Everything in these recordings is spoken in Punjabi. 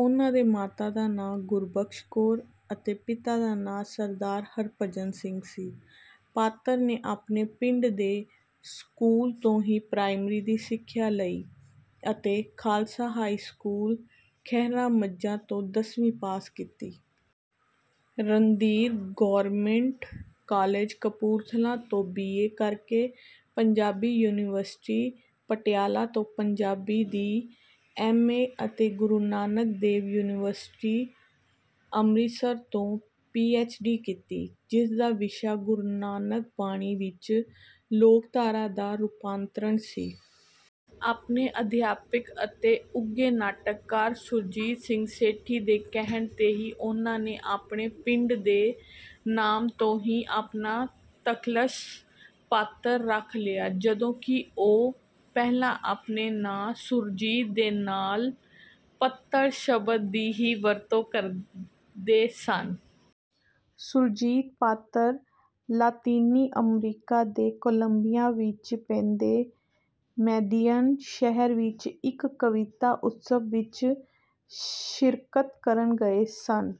ਉਨ੍ਹਾਂ ਦੇ ਮਾਤਾ ਦਾ ਨਾਂ ਗੁਰਬਖਸ਼ ਕੌਰ ਅਤੇ ਪਿਤਾ ਦਾ ਨਾਂ ਸ. ਹਰਭਜਨ ਸਿੰਘ ਸੀ। ਪਾਤਰ ਨੇ ਆਪਣੇ ਪਿੰਡ ਦੇ ਸਕੂਲ ਤੋਂ ਹੀ ਪ੍ਰਾਇਮਰੀ ਦੀ ਸਿੱਖਿਆ ਲਈ ਅਤੇ ਖਾਲਸਾ ਹਾਈ ਸਕੂਲ ਖਹਿਰਾ ਮਝਾ ਤੋਂ ਦਸਵੀਂ ਪਾਸ ਕੀਤੀ। ਰਣਧੀਰ ਗੌਰਮਿੰਟ ਕਾਲਜ ਕਪੂਰਥਲਾ ਤੋਂ ਬੀ. ਏ ਕਰਕੇ ਪੰਜਾਬੀ ਯੂਨੀਵਰਸਿਟੀ, ਪਟਿਆਲਾ ਤੋਂ ਪੰਜਾਬੀ ਦੀ ਐਮ. ਏ. ਅਤੇ ਗੁਰੂ ਨਾਨਕ ਦੇਵ ਯੂਨੀਵਰਿਸਟੀ, ਅੰਮ੍ਰਿਤਸਰ ਤੋਂ ਪੀ. ਐਚ. ਡੀ ਕੀਤੀ। ਜਿਸਦਾ ਵਿਸ਼ਾ "ਗੁਰੂ ਨਾਨਕ ਬਾਣੀ ਵਿੱਚ ਲੋਕਧਾਰਾ ਦਾ ਰੂਪਾਂਤਰਣ" ਸੀ। ਆਪਣੇ ਅਧਿਆਪਕ ਅਤੇ ਉੱਘੇ ਨਾਟਕਕਾਰ ਸੁਰਜੀਤ ਸਿੰਘ ਸੇਠੀ ਦੇ ਕਹਿਣ 'ਤੇ ਹੀ ਉਹਨਾਂ ਨੇ ਆਪਣੇ ਪਿੰਡ ਦੇ ਨਾਮ ਤੋਂ ਹੀ ਆਪਣਾ ਤਖੱਲਸ 'ਪਾਤਰ' ਰੱਖ ਲਿਆ, ਜਦੋਂ ਕਿ ਉਹ ਪਹਿਲਾਂ ਆਪਣੇ ਨਾਂ ਸੁਰਜੀਤ ਦੇ ਨਾਲ ਪੱਤੜ ਸ਼ਬਦ ਦੀ ਹੀ ਵਰਤੋਂ ਕਰਦੇ ਸਨ। ਸੁਰਜੀਤ ਪਾਤਰ ਲਾਤੀਨੀ ਅਮਰੀਕਾ ਦੇ ਕੋਲੰਬੀਆ ਵਿੱਚ ਪੈਂਦੇ ਮੈਦਿਯਨ ਸ਼ਹਿਰ ਵਿੱਚ ਇੱਕ ਕਵਿਤਾ ਉਤਸਵ ਵਿੱਚ ਸ਼ਿਰਕਤ ਕਰਨ ਗਏ ਸਨ।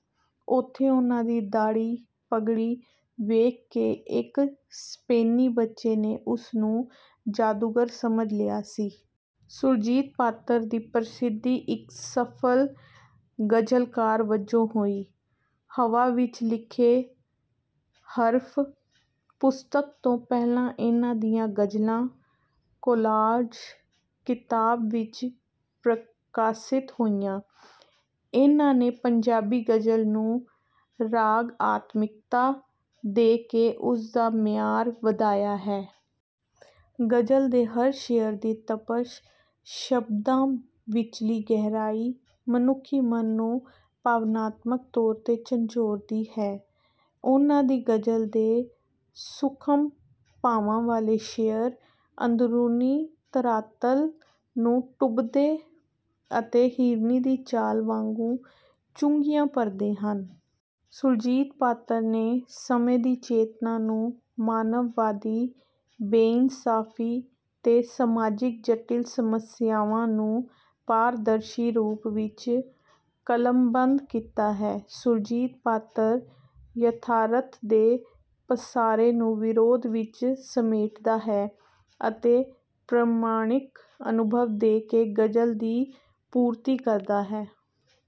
ਓਥੇ ਉਨ੍ਹਾਂ ਦੀ ਦਾੜ੍ਹੀ, ਪਗੜੀ ਦੇਖ ਕੇ ਇੱਕ ਸਪੇਨੀ ਬੱਚੇ ਨੇ ਉਸ ਨੂੰ ਜਾਦੂਗਰ ਸਮਝ ਲਿਆ ਸੀ। ਸੁਰਜੀਤ ਪਾਤਰ ਦੀ ਪ੍ਰਸਿੱਧੀ ਇੱਕ ਸਫਲ ਗਜ਼ਲਕਾਰ ਵਜੋਂ ਹੋਈ। 'ਹਵਾ ਵਿੱਚ ਲਿਖੇ ਹਰਫ਼' ਪੁਸਤਕ ਤੋਂ ਪਹਿਲਾਂ ਇਨ੍ਹਾਂ ਦੀਆਂ ਗਜ਼ਲਾਂ 'ਕੋਲਾਜ਼' ਕਿਤਾਬ ਵਿੱਚ ਪ੍ਰਕਾਸ਼ਿਤ ਹੋਈਆਂ। ਇਨ੍ਹਾਂ ਨੇ ਪੰਜਾਬੀ ਗ਼ਜ਼ਲ ਨੂੰ ਰਾਗਆਤਮਿਕਤਾ ਦੇ ਕੇ ਉਸ ਦਾ ਮਿਆਰ ਵਧਾਇਆ ਹੈ। ਗ਼ਜ਼ਲ ਦੇ ਹਰ ਸ਼ੇਅਰ ਦੀ ਤਪਸ਼, ਸ਼ਬਦਾਂ ਵਿਚਲੀ ਗਹਿਰਾਈ ਮੁਨੱਖੀ ਮਨ ਨੂੰ ਭਾਵਨਾਤਮਿਕ ਤੌਰ ਤੇ ਝੰਜੋੜਦੀ ਹੈ। ਉਨ੍ਹਾਂ ਦੀ ਗ਼ਜ਼ਲ ਦੇ ਸੂਖਮ ਭਾਵਾਂ ਵਾਲੇ ਸ਼ੇਅਰ, ਅੰਦਰੂਨੀ ਧਰਾਤਲ ਨੂੰ ਟੁੰਬਦੇ ਅਤੇ ਹਿਰਨੀ ਦੀ ਚਾਲ ਵਾਂਗੂ ਚੁੰਗੀਆਂ ਭਰਦੇ ਹਨ। ਸੁਰਜੀਤ ਪਾਤਰ ਨੇ ਸਮੇਂ ਦੀ ਚੇਤਨਾ ਨੂੰ ਮਾਨਵਵਾਦੀ, ਬੇਇਨਸਾਫੀ ਤੇ ਸਮਾਜਿਕ ਜਟਿਲ ਸਮੱਸਿਆਵਾਂ ਨੂੰ ਪਾਰਦਰਸ਼ੀ ਰੂਪ ਵਿਚ ਕਲਮਬੰਦ ਕੀਤਾ ਹੈ। ਸੁਰਜੀਤ ਪਾਤਰ ਯਥਾਰਥ ਦੇ ਪਸਾਰੇ ਨੂੰ ਵਿਰੋਧ ਵਿਚ ਸਮੇਟਦਾ ਹੈ ਅਤੇ ਪ੍ਰਮਾਣਿਕ ਅਨੁਭਵ ਦੇ ਕੇ ਗ਼ਜ਼ਲ ਦੀ ਪੂਰਤੀ ਕਰਦਾ ਹੈ।